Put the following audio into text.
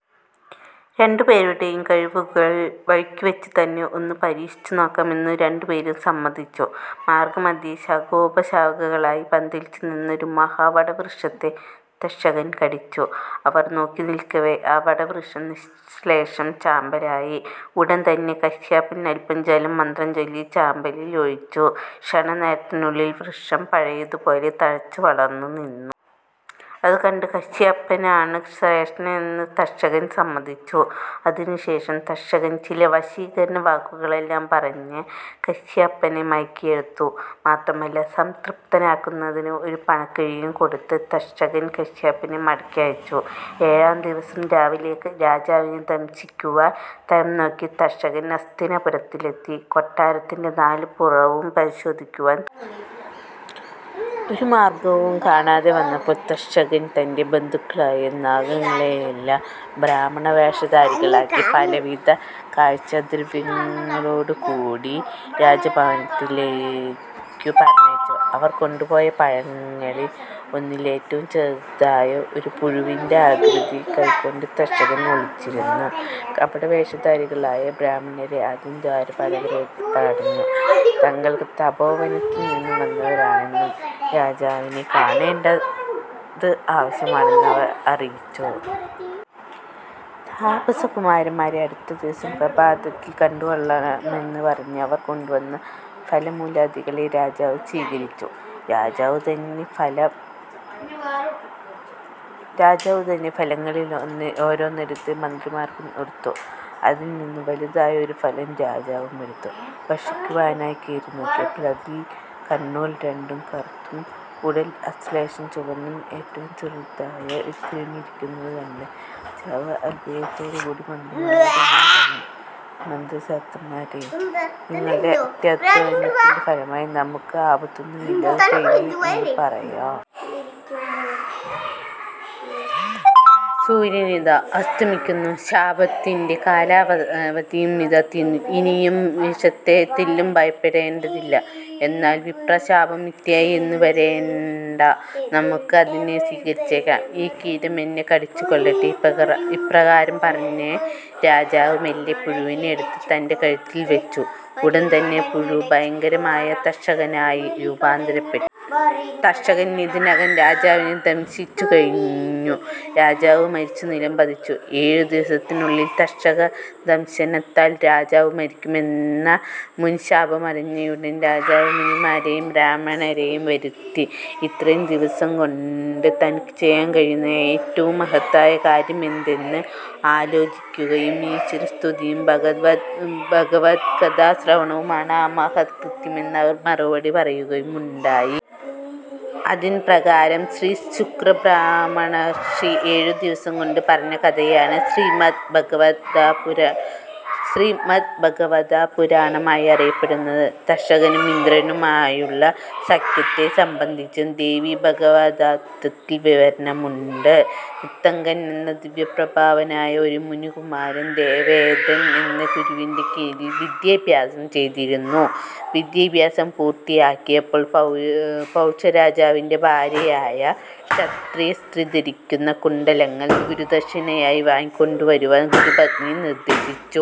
രണ്ടുപേരുടേയും കഴിവുകൾ വഴിക്കുവച്ചുതന്നെ ഒന്നു പരീക്ഷിച്ചു നോക്കാമെന്നു രണ്ടു പേരും സമ്മതിച്ചു. മാർഗ്ഗമധ്യേ ശാഖോപശാഖകളായി പന്തലിച്ചു നിന്ന ഒരു മഹാവടവൃക്ഷത്തെ തക്ഷകൻ കടിച്ചു. അവർ നോക്കി നില്ക്കവേ ആ വടവൃക്ഷം നിശ്ശേഷം ചാമ്പലായി. ഉടൻതന്നെ കശ്യപൻ അല്പം ജലം മന്ത്രം ചൊല്ലി ചാമ്പലിൽ ഒഴിച്ചു. ക്ഷണ നേരത്തിനുള്ളിൽ വൃക്ഷം പഴയതുപോലെ തഴച്ചുവളർന്നു നിന്നു. അതുകണ്ട് കശ്യപനാണ് ശ്രേഷ്ഠനെന്ന് തക്ഷകൻ സമ്മതിച്ചു. അതിനുശേഷം തക്ഷകൻ ചില വശീകരണവാക്കുകളെല്ലാം പറഞ്ഞ് കശ്യപനെ മയക്കിയെടുത്തു. മാത്രമല്ല, സംതൃപ്തനാക്കുന്നതിന് ഒരു പണക്കിഴിയും കൊടുത്ത് തക്ഷകൻ കശ്യപനെ മടക്കി അയച്ചു. ഏഴാം ദിവസം രാവിലെ രാജാവിനെ ദംശിക്കുവാൻ തരം നോക്കി തക്ഷകൻ ഹസ്തിനപുരത്തിലെത്തി. കൊട്ടാരത്തിന്റെ നാലു പുറവും പരിശോധിക്കുവാൻ തുടങ്ങി. ഒരു മാർഗവും കാണാതെ വന്നപ്പോൾ തക്ഷകൻ തന്റെ ബന്ധുക്കളായ നാഗങ്ങളെയെല്ലാം ബ്രാഹ്മണവേഷധാരികളാക്കി പലവിധ കാഴ്ചദ്രവ്യങ്ങളോടുകൂടി രാജഭവനത്തിലേക്കു പറഞ്ഞയച്ചു. അവർ കൊണ്ടുപോയ പഴങ്ങളിൽ ഒന്നിൽ ഏറ്റവും ചെറുതായ ഒരു പുഴുവിന്റെ ആകൃതി കൈ ക്കൊണ്ട് തക്ഷകൻ ഒളിച്ചിരുന്നു. കപടവേഷധാരികളായ ബ്രാഹ്മണരെ ആദ്യം ദ്വാരപാലകർ തടഞ്ഞു. തങ്ങൾ തപോവനത്തിൽ നിന്നു വന്നവരാണെന്നും രാജാവിനെ കാണേണ്ടത് ആവശ്യമാണെന്നും അവർ അറിയിച്ചു. താപസകുമാരന്മാരെ അടുത്ത ദിവസം പ്രഭാതത്തിൽ കണ്ടുകൊള്ളാമെന്നു പറഞ്ഞ് അവർ കൊണ്ടുവന്ന ഫലമൂലാദികളെ രാജാവ് സ്വീകരിച്ചു. രാജാവുതന്നെ ഫലങ്ങളിൽ ഓരോന്നെടുത്ത് മന്ത്രിമാർക്കു കൊടുത്തു. അതിൽനിന്ന് വലുതായ ഒരു ഫലം രാജാവുമെടുത്തു ഭക്ഷിക്കുവാനായി കീറിനോക്കി. അപ്പോൾ അതിൽ കണ്ണുകൾ രണ്ടും കറുത്തും ഉടൽ അശേഷം ചുവന്നും ഏറ്റവും ചെറുതായ ഒരു കൃമി ഇരിക്കുന്നതുകണ്ട് രാജാവ് അത്ഭുതത്തോടുകൂടി മന്ത്രിമാരോട് ഇങ്ങനെ പറഞ്ഞു: "അല്ലയോ മന്ത്രിസത്തമരേ, നിങ്ങളുടെ അത്യധ്വാനത്തിന്റെ ഫലമായി നമുക്ക് ആപത്തൊന്നും ഇല്ലാതെ കഴിഞ്ഞു എന്നു പറയാം. സൂര്യനിതാ അസ്തമിക്കുന്നു. ശാപത്തിന്റെ കാലാവധിയും ഇതാ തീരുന്നു. ഇനിയും വിഷത്തെ തെല്ലും ഭയപ്പെടേണ്ടതില്ല. എന്നാൽ വിപ്രശാപം മിഥ്യയായി എന്നു വരേണ്ട. നമുക്ക് അതിനെ സ്വീകരിച്ചേക്കാം. ഈ കീടം എന്നെ കടിച്ചുകൊള്ളട്ടെ. ഇപ്രകാരം പറഞ്ഞ് രാജാവ് മെല്ലെ പുഴുവിനെ എടുത്ത് തന്റെ കഴുത്തിൽ വച്ചു. ഉടൻതന്നെ പുഴു ഭയങ്കരമായ തക്ഷകനായി രൂപാന്തരപ്പെട്ടു. തക്ഷകൻ ഇതിനകം രാജാവിനെ ദംശിച്ചു കഴിഞ്ഞു. രാജാവ് മരിച്ചു നിലം പതിച്ചു. ഏഴു ദിവസത്തിനുള്ളിൽ തക്ഷക ദംശനത്താൽ രാജാവു മരിക്കുമെന്ന മുനി ശാപമറിഞ്ഞയുടൻ രാജാവ് മുനിമാരേയും ബ്രാഹ്മണരേയും വരുത്തി ഇത്രയും ദിവസംകൊണ്ട് തനിക്കു ചെയ്യാൻ കഴിയുന്ന ഏറ്റവും മഹത്തായ കാര്യമെന്തെന്ന് ആലോചിക്കുകയും ഈശ്വരസ്തുതിയും ഭഗവത്കഥാ ശ്രവണവുമാണ് ആ മഹത് കൃത്യമെന്ന് അവർ മറുപടി പറയുകയുമുണ്ടായി. അതിൻപ്രകാരം ശ്രീ ശുകബ്രഹ്മർഷി ഏഴു ദിവസം കൊണ്ട് പറഞ്ഞ കഥയാണ് ശ്രീമദ്ഭാഗവതപുരാണമായി അറിയപ്പെടുന്നത്. തക്ഷകനും ഇന്ദ്രനുമായുള്ള സഖ്യത്തെ സംബന്ധിച്ചും ദേവീ ഭാഗവതത്തിൽ വിവരണമുണ്ട്. ഉത്തങ്കൻ എന്ന ദിവ്യപ്രഭാവനായ ഒരു മുനികുമാരൻ വേദൻ എന്ന ഗുരുവിന്റെ കീഴിൽ വിദ്യാഭ്യാസം ചെയ്തിരുന്നു. വിദ്യാഭ്യാസം പൂർത്തിയാക്കിയപ്പോൾ പൗഷരാജാ വിന്റെ ഭാര്യയായ ക്ഷത്രിയസ്ത്രീ ധരിക്കുന്ന കുണ്ഡലങ്ങൾ ഗുരുദക്ഷിണയായി വാങ്ങിക്കൊണ്ടു വരുവാൻ ഗുരുപത്നി നിർദേ ശിച്ചു.